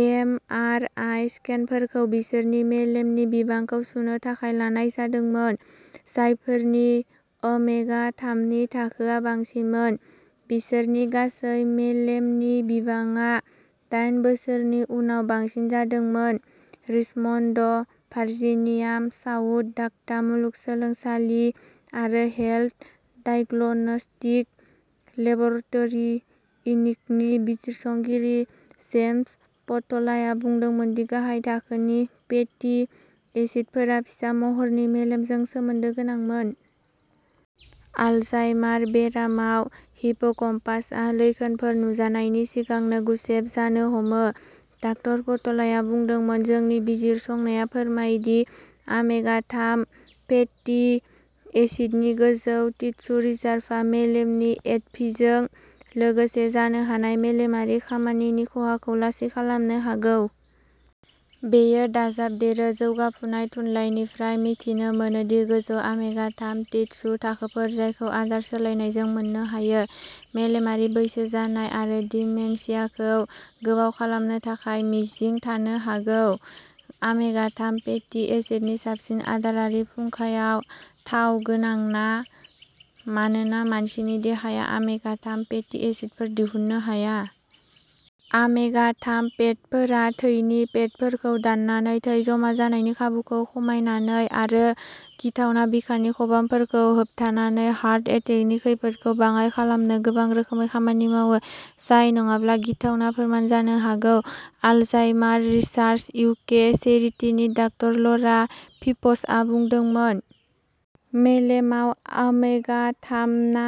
M. R. I. स्केनफोरखौ बिसोरनि मेलेमनि बिबांखौ सुनो थाखाय लानाय जादोंमोन। जायफोरनि ओमेगा-थामनि थाखोआ बांसिनमोन। बिसोरनि गासै मेलेमनि बिबांआ दाइन बोसोरनि उनाव बांसिन जादोंमोन। रिचमन्ड भारजिनियानि साउथ डाक'टा मुलुगसोलोंसालि आरो हेल्थ डायग्नोस्टिक लेब'रट'रि इनकनि बिजिरसंगिरि जेम्स पटालाया बुंदोंमोन दि गाहाय थाखोनि फेटि एसिडफोरा फिसा महरनि मेलेमजों सोमोन्दो गोनांमोन। अलजाइमार बेरामाव हिप्पोकामपासआ लैखोनफोर नुजानायनि सिगांनो गुसेब जानो हमो। डक्टर पटालाया बुंदोंमोन। जोंनि बिजिरसंनाया फोरमायो दि ओमेगा-थाम फेटि एसिडनि गोजौ टिस्यु रिजारभआ मेलेमनि एट'फिजों लोगोसे जानो हानाय मेलेमारि खामानिनि खहाखौ लासै खालामनो हागौ। बेयो दाजाबदेरो जौगाफुनाय थुनलाइनिफ्राय मिथिनो मोनो दि गोजौ ओमेगा-थाम टिस्यु थाखोफोर जायखौ आदार सोलायनायजों मोननो हायो। मेलेमारि बैसो जानाय आरो डिमेनशियाखौ गोबाव खालामनो थाखाय मिजिं थानो हागौ। ओमेगा-थाम फेटि एसिडनि साबसिन आदारारि फुंखाया थाव गोनां ना मानोना मानसिनि देहाया ओमेगा-थाम फेटि एसिडफोर दिहुननो हाया। ओमेगा-थाम फेटफोरा थैनि फेटफोरखौ दाननानै थै जमा जानायनि खाबुखौ खमायनानै आरो गिथावना बिखानि खबामफोरखौ होबथानानै हार्ट एटेकनि खैफोदखौ बाङाइ खालामनो गोबां रोखोमै खामानि मावो। जाय नङाब्ला गिथावना फोरमान जानो हागौ। अलजाइमार रिसार्च इउके चेरिटिनि डक्टर ल'रा फिप्सआ बुंदोंमोन। मेलेमाव ओमेगा-थाम ना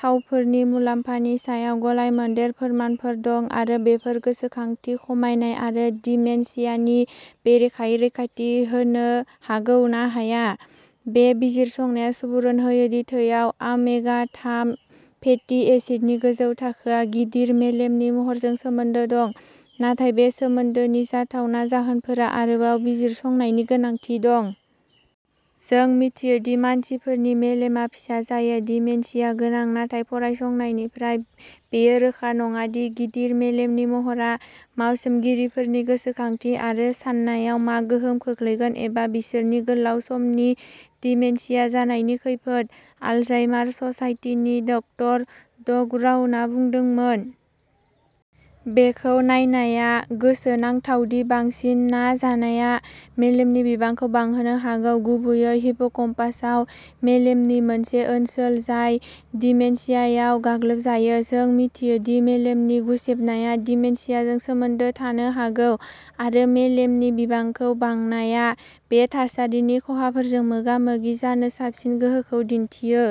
थावफोरनि मुलाम्फानि सायाव गलाय मोनदेर फोरमानफोर दं आरो बेफोर गोसोखांथि खमायनाय आरो डिमेनशियानि बेरेखायै रैखाथि होनो हागौ ना हाया। बे बिजिरसंनाया सुबुरुन होयो दि थैयाव ओमेगा-थाम फेटि एसिडनि गोजौ थाखोआ गिदिर मेलेमनि महरजों सोमोन्दो दं नाथाय बे सोमोन्दोनि जाथावना जाहोनफोरा आरोबाव बिजिरसंनायनि गोनांथि दं। जों मिथियो दि मानसिफोरनि मेलेमआ फिसा जायो। डिमेनशिया गोनां नाथाय फरायसंनायनिफ्राय बेयो रोखा नङा दि गिदिर मेलेमनि महरा मावसोमगिरिफोरनि गोसोखांथि आरो साननायाव मा गोहोम खोख्लैगोन एबा बिसोरनि गोलाव समनि डिमेनशिया जानायनि खैफोद। एलजाइमार ससाइटिनि डक्टर डग ब्राउनआ बुंदोंमोन। बेखौ नायनाया गोसोनांथाव दि बांसिन ना जानाया मेलेमनि बिबांखौ बांहोनो हागौ। गुबैयै हिप्पोकाम्पासआव मेलेमनि मोनसे ओनसोल जाय डिमेनशियायाव गाग्लोबजायो। जों मिथियो दि मेलेमनि गुसेबनाया डिमेनशियाजों सोमोन्दो थानो हागौ आरो मेलेमनि बिबांखौ बांनाया बे थासारिनि खहाफोरजों मोगा-मोगि जानो साबसिन गोहोखौ दिन्थियो।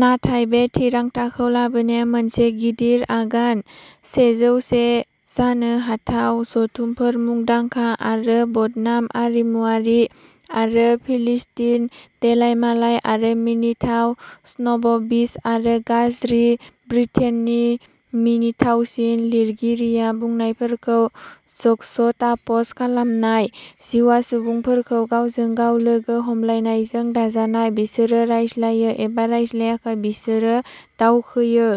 नाथाय बे थिरांथाखौ लाबोनाया मोनसे गिदिर आगान। सेजौ से जानो हाथाव जथुमफोर मुंदांखा आरो बदनाम आरिमुआरि आरो फिलिस्टिन देलायमालाय आरो मिनिथाव स्नबबिश आरो गाज्रि ब्रिटेननि मिनिथावसिन लिरगिरिया बुंनायफोरखौ जक्सटाप'ज खालामनाय। जिउआ सुबुंफोरखौ गावजों गाव लोगो हमलायनायजों दाजानाय। बिसोरो रायज्लायो एबा रायज्लायाखै। बिसोरो दावखोयो।